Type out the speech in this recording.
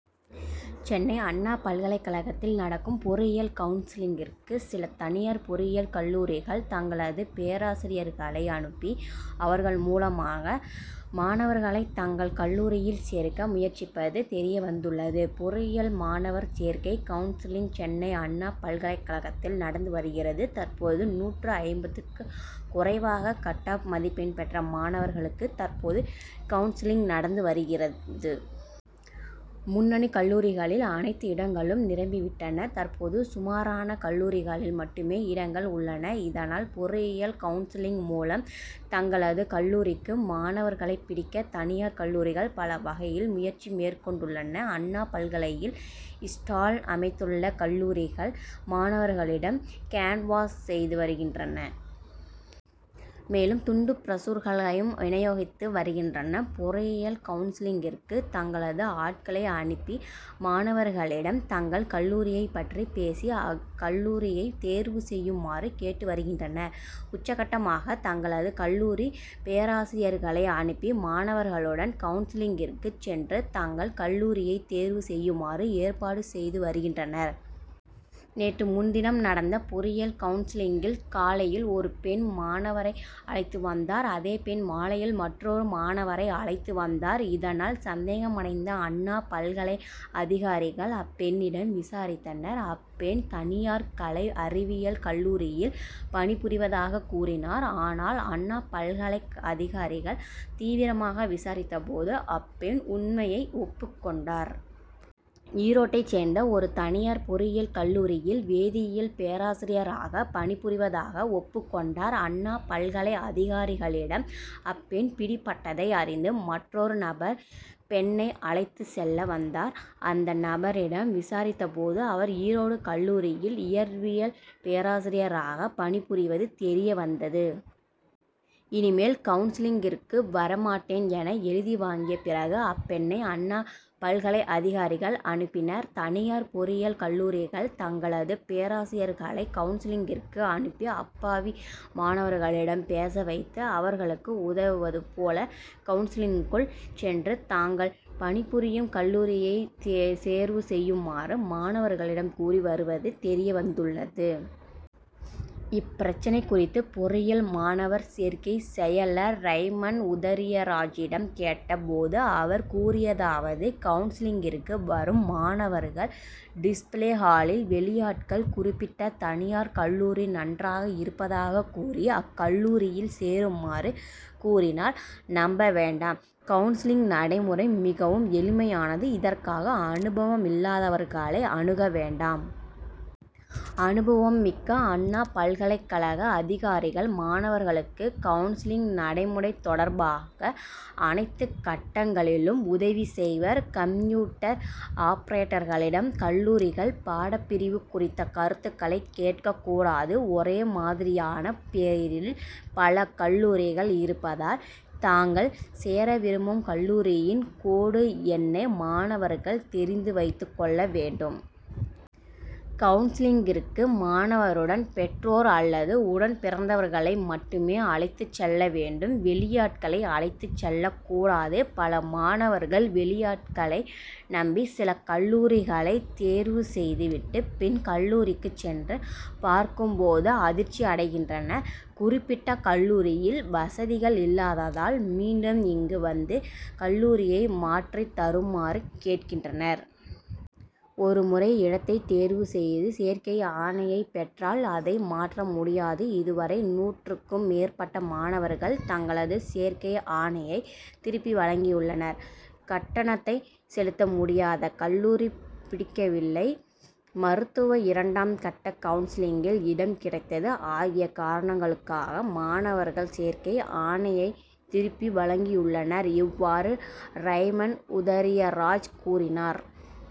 சென்னை அண்ணா பல்கலைக்கழகத்தில் நடக்கும் பொறியியல் கவுன்சிலிங்கிற்கு, சில தனியார் பொறியியல் கல்லூரிகள் தங்களது பேராசிரியர்களை அனுப்பி, அவர்கள் மூலமாக மாணவர்களை தங்கள் கல்லூரியில் சேர்க்க முயற்சிப்பது தெரிய வந்துள்ளது. பொறியியல் மாணவர் சேர்க்கை கவுன்சிலிங் சென்னை அண்ணா பல்கலைக்கழகத்தில் நடந்து வருகிறது. தற்போது நூற்று ஐம்பதுக்கும் குறைவாக, "கட்-ஆப்' மதிப்பெண் பெற்ற மாணவர்களுக்கு தற்போது கவுன்சிலிங் நடந்து வருகிறது. முன்னணி கல்லூரிகளில் அனைத்து இடங்களும் நிரம்பிவிட்டன. தற்போது சுமாரான கல்லூரிகளில் மட்டுமே இடங்கள் உள்ளன. இதனால், பொறியியல் கவுன்சிலிங் மூலம் தங்களது கல்லூரிக்கு மாணவர்களை பிடிக்க தனியார் கல்லூரிகள் பல வகைகளில் முயற்சி மேற்கொண்டுள்ளன. அண்ணா பல்கலையில் ஸ்டால் அமைத்துள்ள கல்லூரிகள் மாணவர்களிடம் "கேன்வாஸ்' செய்து வருகின்றன. மேலும் துண்டு பிரசுரங்களையும் வினியோகித்து வருகின்றன. பொறியியல் கவுன்சிலிங்கிற்கு தங்களது ஆட்களை அனுப்பி, மாணவர்களிடம் தங்கள் கல்லூரியை பற்றி பேசி, அக்கல்லூரியை தேர்வு செய்யுமாறு கேட்டு வருகின்றனர். உச்சகட்டமாக, தங்களது கல்லூரி பேராசிரியர்களை அனுப்பி, மாணவர்களுடன் கவுன்சிலிங்கிற்கு சென்று தங்கள் கல்லூரியை தேர்வு செய்யுமாறு ஏற்பாடு செய்து வருகின்றனர். நேற்று முன்தினம் நடந்த பொறியியல் கவுன்சிலிங்கில், காலையில் ஒரு பெண், மாணவரை அழைத்து வந்தார். அதே பெண், மாலையில் மற்றொரு மாணவரை அழைத்து வந்தார். இதனால் சந்தேகமடைந்த அண்ணா பல்கலை அதிகாரிகள், அப்பெண்ணிடம் விசாரித்தனர். அப்பெண், தனியார் கலை, அறிவியல் கல்லூரியில் பணிபுரிவதாக கூறினார். ஆனால், அண்ணா பல்கலை அதிகாரிகள் தீவிரமாக விசாரித்த போது, அப்பெண் உண்மையை ஒப்புக் கொண்டார். ஈரோட்டை சேர்ந்த ஒரு தனியார் பொறியியல் கல்லூரியில் வேதியியல் பேராசிரியராக பணிபுரிவதாக ஒப்புக் கொண்டார். அண்ணா பல்கலை அதிகாரிகளிடம் அப்பெண் பிடிபட்டதை அறிந்து, மற்றொரு நபர் பெண்ணை அழைத்து செல்ல வந்தார். அந்நபரிடம் விசாரித்த போது, அவர் ஈரோடு கல்லூரியில் இயற்பியல் பேராசிரியராக பணிபுரிவது தெரிய வந்தது. "இனிமேல் கவுன்சிலிங்கிற்கு வர மாட்டேன்' என எழுதி வாங்கிய பிறகு, அப்பெண்ணை அண்ணா பல்கலை அதிகாரிகள் அனுப்பினர். தனியார் பொறியியல் கல்லூரிகள் தங்களது பேராசிரியர்களை கவுன்சிலிங்கிற்கு அனுப்பி, அப்பாவி மாணவர்களிடம் பேச வைத்து, அவர்களுக்கு உதவுவது போல கவுன்சிலிங்கிற்குள் சென்று, தாங்கள் பணிபுரியும் கல்லூரியை தேர்வு செய்யுமாறு மாணவர்களிடம் கூறி வருவது தெரிய வந்துள்ளது. இப்பிரச்னை குறித்து பொறியியல் மாணவர் சேர்க்கை செயலர் ரைமண்ட் உதரியராஜிடம் கேட்ட போது அவர் கூறியதாவது:கவுன்சிலிங்கிற்கு வரும் மாணவர்கள், "டிஸ்பிளே ஹாலில்' வெளியாட்கள், குறிப்பிட்ட தனியார் கல்லூரி நன்றாக இருப்பதாக கூறி அக்கல்லூரியில் சேருமாறு கூறினால் நம்ப வேண்டாம். கவுன்சிலிங் நடைமுறை மிகவும் எளிமையானது. இதற்காக அனுபவம் இல்லாதவர்களை அணுக வேண்டாம். அனுபவம் மிக்க அண்ணா பல்கலைக்கழக அதிகாரிகள், மாணவர்களுக்கு கவுன்சிலிங் நடைமுறை தொடர்பாக அனைத்துக் கட்டங்களிலும் உதவி செய்வர். கம்ப்யூட்டர் ஆபரேட்டர்களிடம் கல்லூரிகள், பாடப்பிரிவு குறித்த கருத்துக்களை கேட்கக் கூடாது. ஒரே மாதிரியான பெயரில் பல கல்லூரிகள் இருப்பதால், தாங்கள் சேர விரும்பும் கல்லூரியின் கோடு எண்ணை மாணவர்கள் தெரிந்து வைத்துக் கொள்ள வேண்டும். கவுன்சிலிங்கிற்கு மாணவருடன், பெற்றோர் அல்லது உடன்பிறந்தவர்களை மட்டுமே அழைத்துச் செல்ல வேண்டும். வெளியாட்களை அழைத்துச் செல்லக் கூடாது. பல மாணவர்கள் வெளியாட்களை நம்பி, சில கல்லூரிகளை தேர்வு செய்து விட்டு, பின் கல்லூரிக்கு சென்று பார்க்கும் போது அதிர்ச்சியடைகின்றனர். குறிப்பிட்ட கல்லூரியில் வசதிகள் இல்லாததால், மீண்டும் இங்கு வந்து கல்லூரியை மாற்றித் தருமாறு கேட்கின்றனர். ஒரு முறை இடத்தை தேர்வு செய்து சேர்க்கை ஆணையை பெற்றால், அதை மாற்ற முடியாது. இதுவரை நூற்றுக்கும் மேற்பட்ட மாணவர்கள் தங்களது சேர்க்கை ஆணையை திருப்பி வழங்கியுள்ளனர். கட்டணத்தை செலுத்த முடியாதது, கல்லூரி பிடிக்கவில்லை, மருத்துவ இரண்டாம் கட்ட கவுன்சிலிங்கில் இடம் கிடைத்தது ஆகிய காரணங்களுக்காக மாணவர்கள் சேர்க்கை ஆணையை திருப்பி வழங்கியுள்ளனர். இவ்வாறு ரைமண்ட் உதரியராஜ் கூறினார்.